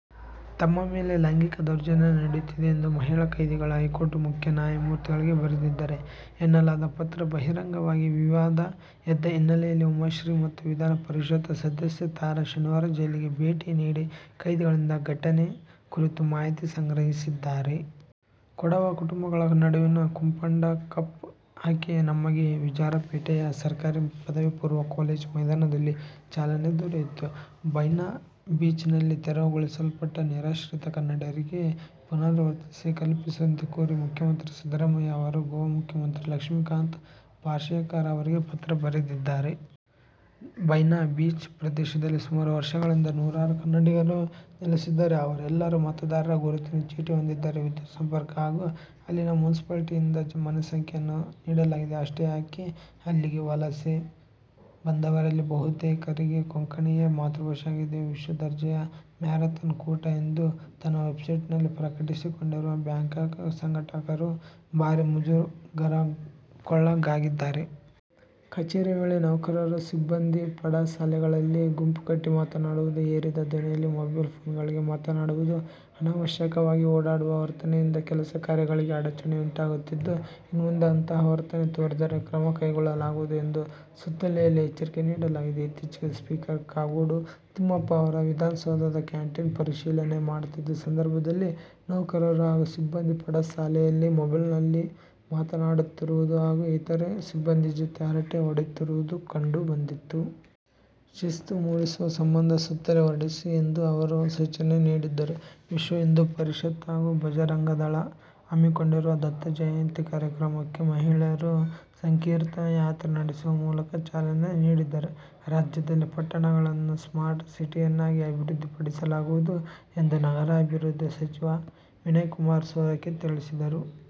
ತಮ್ಮ ಮೇಲೆ ಲೈಂಗಿಕ ದೌರ್ಜನ್ಯ ನಡೆಯುತ್ತಿದೆ ಎಂದು ಮಹಿಳಾ ಕೈದಿಗಳು ಹೈಕೋರ್ಟ್ ಮುಖ್ಯ ನ್ಯಾಯಮೂರ್ತಿಗಳಿಗೆ ಬರೆದಿದ್ದಾರೆ ಎನ್ನಲಾದ ಪತ್ರ ಬಹಿರಂಗವಾಗಿ ವಿವಾದ ಎದ್ದ ಹಿನ್ನೆಲೆಯಲ್ಲಿ ಉಮಾಶ್ರೀ ಮತ್ತು ವಿಧಾನ ಪರಿಷತ್ ಸದಸ್ಯೆ ತಾರಾ ಶನಿವಾರ ಜೈಲಿಗೆ ಭೇಟಿ ನೀಡಿ ಕೈದಿಗಳಿಂದ ಘಟನೆ ಕುರಿತು ಮಾಹಿತಿ ಸಂಗ್ರಹಿಸಿದ್ದಾರೆ. ಕೊಡವ ಕುಟುಂಬಗಳ ನಡುವಿನ ಕುಪ್ಪಂಡ ಕಪ್ ಹಾಕಿ ನಮ್ಮೆಗೆ ವಿರಾಜಪೇಟೆಯ ಸರಕಾರಿ ಪದವಿ ಪೂರ್ವ ಕಾಲೇಜು ಮೈದಾನದಲ್ಲಿ ಚಾಲನೆ ದೊರೆಯಿತು. ಬೈನಾ ಬೀಚ್ನಲ್ಲಿ ತೆರವುಗೊಳಿಸಲ್ಪಟ್ಟ ನಿರಾಶ್ರಿತ ಕನ್ನಡಿಗರಿಗೆ ಪುನರ್ವಸತಿ ಕಲ್ಪಿಸುವಂತೆ ಕೋರಿ ಮುಖ್ಯಮಂತ್ರಿ ಸಿದ್ದರಾಮಯ್ಯ ಅವರು ಗೋವಾ ಮುಖ್ಯಮಂತ್ರಿ ಲಕ್ಷ್ಮೀಕಾಂತ್ ಪಾರ್ಶೇಕರ್ ಅವರಿಗೆ ಪತ್ರ ಬರೆದಿದ್ದಾರೆ. ಬೈನಾ ಬೀಚ್ ಪ್ರದೇಶದಲ್ಲಿ ಸುಮಾರು ವರ್ಷಗಳಿಂದ ನೂರಾರು ಕನ್ನಡಿಗರು ನೆಲೆಸಿದ್ದಾರೆ. ಅವರೆಲ್ಲರೂ ಮತದಾರರ ಗುರುತಿನ ಚೀಟಿ ಹೊಂದಿದ್ದಾರೆ. ವಿದ್ಯುತ್ ಸಂಪರ್ಕ ಹಾಗೂ ಅಲ್ಲಿನ ಮುನ್ಸಿಪಾಲಿಟಿಯಿಂದ ಮನೆ ಸಂಖ್ಯೆಯನ್ನೂ ನೀಡಲಾಗಿದೆ. ಅಷ್ಟೇ ಯಾಕೆ, ಅಲ್ಲಿಗೆ ವಲಸೆ ಬಂದವರಲ್ಲಿ ಬಹುತೇಕರಿಗೆ ಕೊಂಕಣಿಯೇ ಮಾತೃಭಾಷೆ ಆಗಿದೆ. ವಿಶ್ವ ದರ್ಜೆಯ ಮ್ಯಾರಥಾನ್ ಕೂಟ ಎಂದು ತನ್ನ ವೆಬ್ಸೈಟ್ನಲ್ಲಿ ಪ್ರಕಟಿಸಿಕೊಂಡಿರುವ ಬ್ಯಾಂಕಾಕ್ ಸಂಘಟಕರು ಭಾರೀ ಮುಜುಗರಕ್ಕೊಳಗಾಗಿದ್ದಾರೆ. ಕಚೇರಿ ವೇಳೆ ನೌಕರರು ಸಿಬ್ಬಂದಿ ಪಡಸಾಲೆಗಳಲ್ಲಿ ಗುಂಪು ಕಟ್ಟಿ ಮಾತನಾಡುವುದು, ಏರಿದ ಧ್ವನಿಯಲ್ಲಿ ಮೊಬೈಲ್ ಫೋನ್ಗಳಲ್ಲಿ ಮಾತನಾಡುವುದು, ಅನವಶ್ಯಕವಾಗಿ ಓಡಾಡುವ ವರ್ತನೆಯಿಂದ ಕೆಲಸ-ಕಾರ್ಯಗಳಿಗೆ ಅಡಚಣೆಯುಂಟಾಗುತ್ತಿದ್ದು, ಇನ್ಮುಂದೆ ಅಂತಹ ವರ್ತನೆ ತೋರಿದರೆ ಕ್ರಮ ಕೈಗೊಳ್ಳಲಾಗುವುದು ಎಂದು ಸುತ್ತೋಲೆಯಲ್ಲಿ ಎಚ್ಚರಿಕೆ ನೀಡಲಾಗಿದೆ. ಇತ್ತೀಚೆಗೆ ಸ್ಪೀಕರ್ ಕಾಗೋಡು ತಿಮ್ಮಪ್ಪ ಅವರು ವಿಧಾನಸೌಧದ ಕ್ಯಾಂಟೀನ್ ಪರಿಶೀಲನೆ ಮಾಡುತ್ತಿದ್ದ ಸಂದರ್ಭದಲ್ಲಿ ನೌಕರರು ಹಾಗೂ ಸಿಬ್ಬಂದಿ ಪಡಸಾಲೆಯಲ್ಲಿ ಮೊಬೈಲ್ನಲ್ಲಿ ಮಾತನಾಡುತ್ತಿರುವುದು ಹಾಗೂ ಇತರೆ ಸಿಬ್ಬಂದಿ ಜತೆ ಹರಟೆ ಹೊಡೆಯುತ್ತಿರುವುದು ಕಂಡು ಬಂದಿತ್ತು. ಶಿಸ್ತು ಮೂಡಿಸುವ ಸಂಬಂಧ ಸುತ್ತೋಲೆ ಹೊರಡಿಸಿ ಎಂದು ಅವರು ಸೂಚನೆ ನೀಡಿದ್ದರು. ವಿಶ್ವ ಹಿಂದೂ ಪರಿಷತ್ ಹಾಗೂ ಬಜರಂಗದಳ ಹಮ್ಮಿಕೊಂಡಿರುವ ದತ್ತ ಜಯಂತಿ ಕಾರ್ಯಕ್ರಮಕ್ಕೆ ಮಹಿಳೆಯರು ಸಂಕೀರ್ತನಾ ಯಾತ್ರೆ ನಡೆಸುವ ಮೂಲಕ ಚಾಲನೆ ನೀಡಿದರು. ರಾಜ್ಯದಲ್ಲಿ ಪಟ್ಟಣಗಳನ್ನು ಸ್ಮಾರ್ಟ್ ಸಿಟಿಯನ್ನಾಗಿ ಅಭಿವೃದ್ಧಿಪಡಿಸಲಾಗುವುದು ಎಂದು ನಗರಾಭಿವೃದ್ಧಿ ಸಚಿವ ವಿನಯ ಕುಮಾರ್ ಸೊರಕೆ ತಿಳಿಸಿದರು.